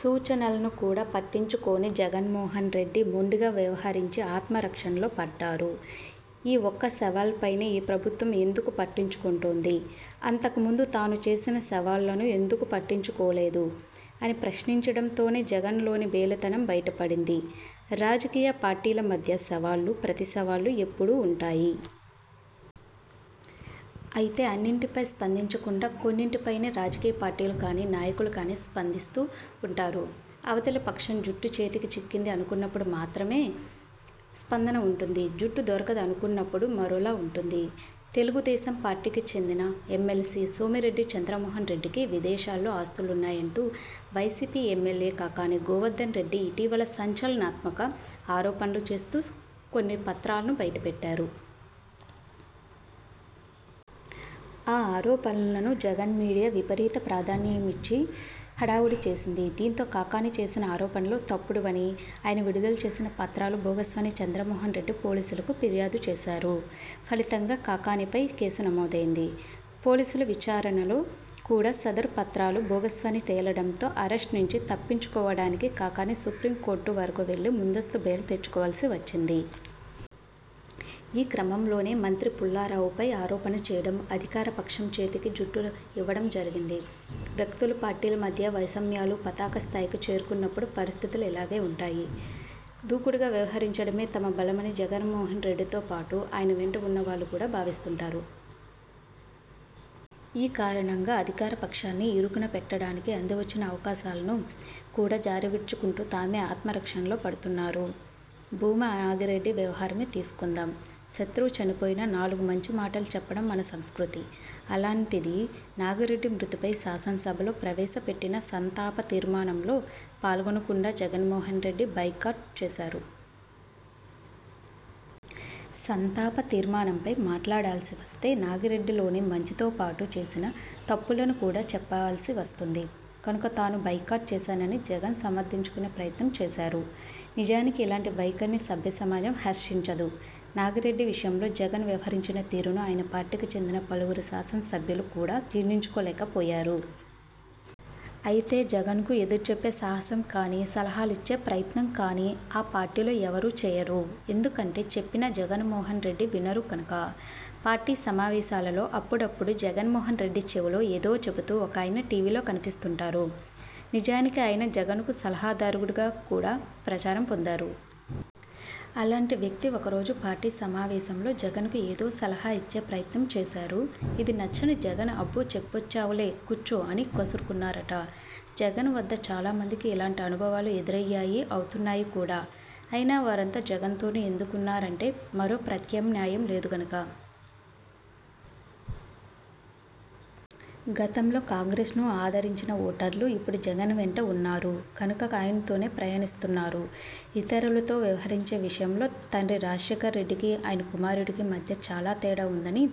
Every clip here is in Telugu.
సూచనలను కూడా పట్టించుకోని జగన్మోహన్రెడ్డి, మొండిగా వ్యవహరించి ఆత్మరక్షణలో పడ్డారు. ఈ ఒక్క సవాల్పైనే ప్రభుత్వం ఎందుకు పట్టించుకుంటోంది? అంతకు ముందు తాను చేసిన సవాళ్లను ఎందుకు పట్టించుకోలేదు? అని ప్రశ్నించడంతోనే జగన్లోని బేలతనం బయటపడింది. రాజకీయ పార్టీల మధ్య సవాళ్లు ప్రతిసవాళ్లు ఎప్పుడూ ఉంటాయి. అయితే అన్నింటిపై స్పందించకుండా కొన్నింటి పైనే రాజకీయ పార్టీలు కానీ, నాయకులు కానీ స్పందిస్తూ ఉంటారు. అవతలి పక్షం జుట్టు చేతికి చిక్కింది అనుకున్నప్పుడు మాత్రమే స్పందన ఉంటుంది. జుట్టు దొరకదు అనుకున్నప్పుడు మరోలా ఉంటుంది. తెలుగుదేశం పార్టీకి చెందిన ఎమ్మెల్సీ సోమిరెడ్డి చంద్రమోహన్రెడ్డికి విదేశాల్లో ఆస్తులు ఉన్నాయంటూ వైసీపీ ఎమ్మెల్యే కాకాణి గోవర్దన్రెడ్డి ఇటీవల సంచలనాత్మక ఆరోపణలు చేస్తూ కొన్ని పత్రాలను బయటపెట్టారు. ఆ ఆరోపణలకు జగన్ మీడియా విపరీత ప్రాధాన్యం ఇచ్చి హడావుడి చేసింది. దీంతో కాకాణి చేసిన ఆరోపణలు తప్పుడు వనీ, ఆయన విడుదల చేసిన పత్రాలు బోగస్వనీ చంద్రమోహన్రెడ్డి పోలీసులకు ఫిర్యాదు చేశారు. ఫలితంగా కాకాణిపై కేసు నమోదైంది. పోలీసుల విచారణలో కూడా సదరు పత్రాలు బోగస్వని తేలడంతో అరెస్ట్ నుంచి తప్పించుకోవడానికి కాకాణి సుప్రీంకోర్టు వరకు వెళ్లి ముందస్తు బెయిల్ తెచ్చుకోవలసి వచ్చింది. ఈ క్రమంలోనే మంత్రి పుల్లారావుపై ఆరోపణ చేయడం, అధికారపక్షం చేతికి జుట్టు ఇవ్వడం జరిగింది. వ్యక్తులు, పార్టీల మధ్య వైషమ్యాలు పతాక స్థాయికి చేరుకున్నప్పుడు పరిస్థితులు ఇలాగే ఉంటాయి. దూకుడుగా వ్యవహరించడమే తమ బలమని జగన్మోహన్రెడ్డితో పాటు ఆయన వెంట ఉన్న వాళ్లు కూడా భావిస్తుంటారు. ఈ కారణంగా అధికార పక్షాన్ని ఇరుకున పెట్టడానికి అందివచ్చిన అవకాశాలను కూడా జారవిడుచుకుంటూ, తామే ఆత్మరక్షణలో పడుతున్నారు. భూమా నాగిరెడ్డి వ్యవహారమే తీసుకుందాం. శత్రువు చనిపోయినా నాలుగు మంచి మాటలు చెప్పడం మన సంస్కృతి. అలాంటిది నాగిరెడ్డి మృతిపై శాసనసభలో ప్రవేశపెట్టిన సంతాప తీర్మానంలో పాల్గొనకుండా జగన్మోహన్రెడ్డి బాయ్కాట్ చేశారు. సంతాప తీర్మానంపై మాట్లాడాల్సి వస్తే నాగిరెడ్డిలోని మంచితోపాటు చేసిన తప్పులను కూడా చెప్పాల్సి వస్తుంది కనుక తాను బాయ్కాట్ చేశానని జగన్ సమర్థించుకునే ప్రయత్నం చేశారు. నిజానికి ఇలాంటి వైఖరిని సభ్య సమాజం హర్షించదు. నాగిరెడ్డి విషయంలో జగన్ వ్యవహరించిన తీరును ఆయన పార్టీకి చెందిన పలువురు శాసనసభ్యులు కూడా జీర్ణించుకోలేకపోయారు. అయితే జగన్కు ఎదురు చెప్పే సాహసం కానీ, సలహాలు ఇచ్చే ప్రయత్నం గానీ ఆ పార్టీలో ఎవరూ చేయరు. ఎందుకంటే చెప్పినా జగన్మోహన్రెడ్డి వినరు కనుక! పార్టీ సమావేశాలలో అప్పుడప్పుడు జగన్మోహన్రెడ్డి చెవిలో ఏదో చెబుతూ ఒకాయన టీవీలో కనిపిస్తుంటారు. నిజానికి ఆయన జగన్కు సలహాదారుడుగా కూడా ప్రచారం పొందారు. అలాంటి వ్యక్తి ఒక రోజు పార్టీ సమావేశంలో జగన్కు ఏదో సలహా ఇచ్చే ప్రయత్నం చేశారు. ఇది నచ్చని జగన్ 'అబ్బో చెప్పొచ్చావులే కూర్చో' అని కసురుకున్నారట! జగన్ వద్ద చాలా మందికి ఇలాంటి అనుభవాలు ఎదురయ్యాయి అవుతున్నాయి కూడా! అయినా వారంతా జగన్తోనే ఎందుకుంటున్నారంటే మరో ప్రత్యామ్నాయం లేదు కనుక. గతంలో కాంగ్రెస్ను ఆదరించిన ఓటర్లు ఇప్పుడు జగన్ వెంట ఉన్నారు కనుక ఆయనతోనే ప్రయాణిస్తున్నారు. ఇతరులతో వ్యవహరించే విషయంలో తండ్రి రాజశేఖర్రెడ్డికి, ఆయన కుమారుడికి మధ్య చాలా తేడా ఉందని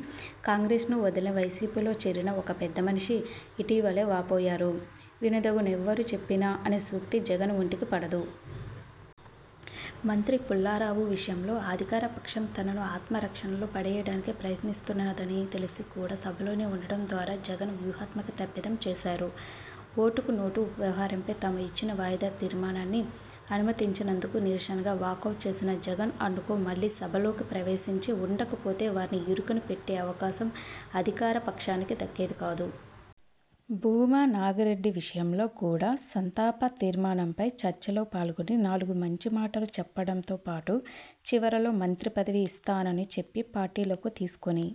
కాంగ్రెస్ను వదిలి వైసీపీలో చేరిన ఒక పెద్దమనిషి ఇటీవలే వాపోయారు. వినదగునెవ్వరు చెప్పిన అనే సూక్తి జగన్ ఒంటికి పడదు. మంత్రి పుల్లారావు విషయంలో అధికారపక్షం తనను ఆత్మరక్షణలో పడేయడానికి ప్రయత్నిస్తున్నదని తెలిసి కూడా సభలోనే ఉండటం ద్వారా జగన్ వ్యూహాత్మక తప్పిదం చేశారు. ఓటుకు నోటు వ్యవహారంపై తాము ఇచ్చిన వాయిదా తీర్మానాన్ని అనుమతించనందుకు నిరసనగా వాకౌట్ చేసిన జగన్ అండ్ కో మళ్లీ సభలోకి ప్రవేశించి ఉండకపోతే వారిని ఇరుకున పెట్టే అవకాశం అధికార పక్షానికి దక్కేది కాదు. భూమా నాగిరెడ్డి విషయంలో కూడా సంతాప తీర్మానంపై చర్చలో పాల్గొని నాలుగు మంచి మాటలు చెప్పడంతో పాటు, చివరలో మంత్రి పదవి ఇస్తానని చెప్పి పార్టీలోకి తీసుకుని